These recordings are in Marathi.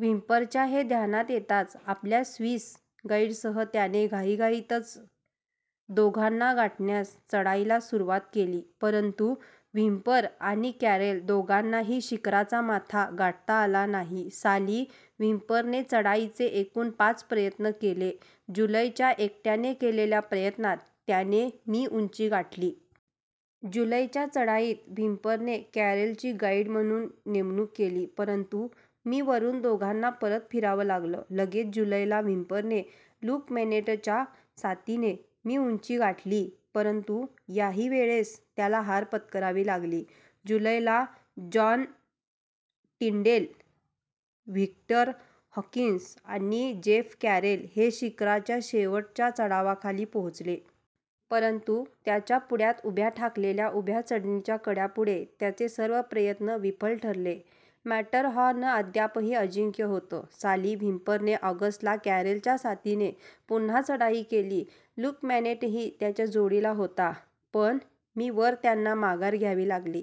व्हिम्परच्या हे ध्यानात येताच आपल्या स्विस गाईडसह त्याने घाईघाईतच दोघांना गाठण्यास चढाईला सुरवात केली. परंतु व्हिम्पर आणि कॅरेल दोघांनाही शिखराचा माथा गाठता आला नाही. साली व्हिम्परने चढाईचे एकूण पाच प्रयत्न केले. जुलैच्या एकट्याने केलेल्या प्रयत्नात त्याने मी उंची गाठली. जुलैच्या चढाईत व्हिम्परने कॅरेलची गाईड म्हणून नेमणूक केली परंतु मी वरून दोघांना परत फिरावं लागलं. लगेच जुलैला व्हिम्परने लुक मेनेटच्या साथीने मी उंची गाठली, परंतु याही वेळेस त्याला हार पत्करावी लागली. जुलैला जॉन टिन्डेल, व्हिक्टर हॉकीन्स आणि जेफ कॅरेल हे शिखराच्या शेवटच्या चढावाखाली पोहोचले. परंतु त्यांच्या पुढ्यात उभ्या ठाकलेल्या उभ्या चढणीच्या कड्यापुढे त्यांचे सर्व प्रयत्न विफल ठरले. मॅटरहॉर्न अद्यापही अजिंक्य होतं! साली व्हिम्परने ऑगस्टला कॅरेलच्या साथीने पुन्हा चढाई केली. लुक मॅनेटही त्यांच्या जोडीला होता. पण मी वर त्यांना माघार घ्यावी लागाली.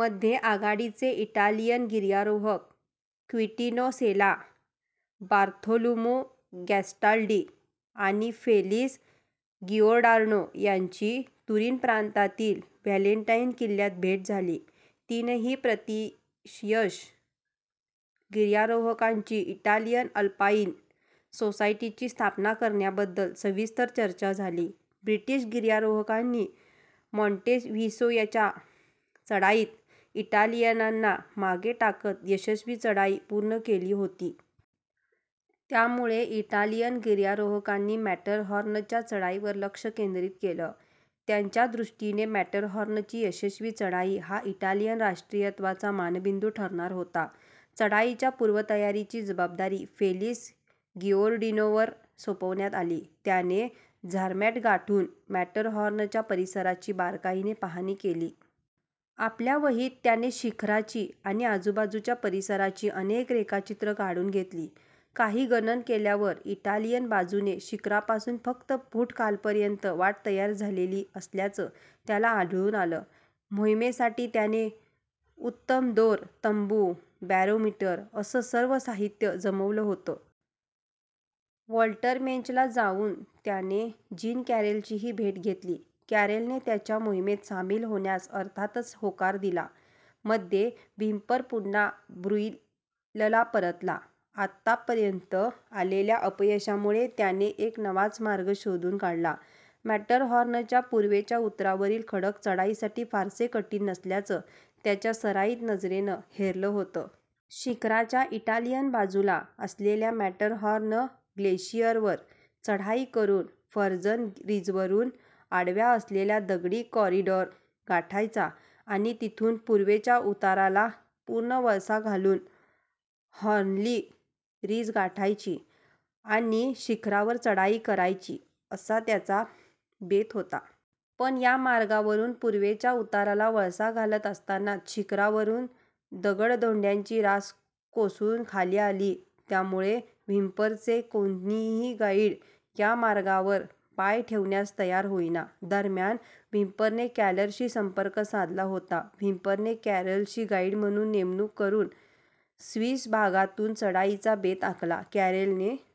मध्ये आघाडीचे इटालियन गिर्यारोहक क्विंटीनो सेला. बार्थोलोमु गॅस्टाल्डी आणि फेलीस गिओर्डानो यांची तुरीन प्रांतातील व्हॅलेंटाईन किल्ल्यात भेट झाली. तीनही प्रतिशयश गिर्यारोहकांची इटालियन अल्पाईन सोसायटीची स्थापना करण्याबद्दल सविस्तर चर्चा झाली. ब्रिटीश गिर्यारोहकांनी मॉन्टेव्हिसोच्या चढाईत इटालियनांना मागे टाकत यशस्वी चढाई पूर्ण केली होती. त्यामुळे इटालियन गिर्यारोहकांनी मॅटरहॉर्नच्या चढाईवर लक्षं केंद्रीत केलं. त्यांच्या दृष्टीने मॅटरहॉर्नची यशस्वी चढाई हा इटालियन राष्ट्रीयत्वाचा मानबिंदू ठरणार होता. चढाईच्या पूर्वतयारीची जबाबदारी फेलीस गिओर्डीनोवर सोपवण्यात आली. त्याने झरमॅट गाठून मॅटरहॉर्नच्या परिसराची बारकाईने पाहणी केली. आपल्या वहीत त्याने शिखराची आणि आजूबाजूच्या परिसराची अनेक रेखाचित्रं काढून घेतली. काही गणन केल्यावर इटालियन बाजूने शिखरापासून फक्त फूट खालपर्यंत वाट तयार झालेली असल्याचं त्याला आढळून आलं. मोहीमेसाठी त्याने उत्तम दोर, तंबू, बॅरोमीटर असं सर्व साहीत्य जमवलं होतं. वॉल्टरमेन्चला जाऊन त्याने जीन कॅरेलचीही भेट घेतली. कॅरेलने त्यांच्या मोहीमेत सामील होण्यास अर्थातच होकार दिला. मध्ये व्हिम्पर पुन्हा ब्रुईलला परतला. आतपर्यंत आलेल्या अपयशामुळे त्याने एक नवाच मार्ग शोधून काढला. मॅटरहॉर्नच्या पूर्वेच्या उतारावरील खडक चढाईसाठी फारसे कठीन नसल्याचं त्याच्या सराईत नजरेने हेरलं होतं. शिखराच्या इटालियन बाजूला असलेल्या मॅटरहॉर्न ग्लेशीयरवर चढाई करून फर्जन रिजवरून आडव्या असलेला दगडी कॉरीडॉर गाठायचा आणि तिथून पूर्वेच्या उताराला पूर्ण वळसा घालून हॉर्नली रिज गाठायची आणि शिखरावर चढाई करायची असा त्याचा बेत होता. पण या मार्गावरून पूर्वेच्या उताराला वळसा घालत असतानाच शिखरावरून दगड-धोंड्यांची रास कोसळून खाली आली. त्यामुळे व्हिम्परचे कोणीही गाईड या मार्गावर पाय ठेवण्यास तयार होईनात. दरम्यान व्हिम्परने कॅरेलशी संपर्क साधला होता. व्हिम्परने कॅरेलची गाईड म्हणून नेमणूक करून स्विस भागातून चढाईचा बेत आखला. कॅरेलने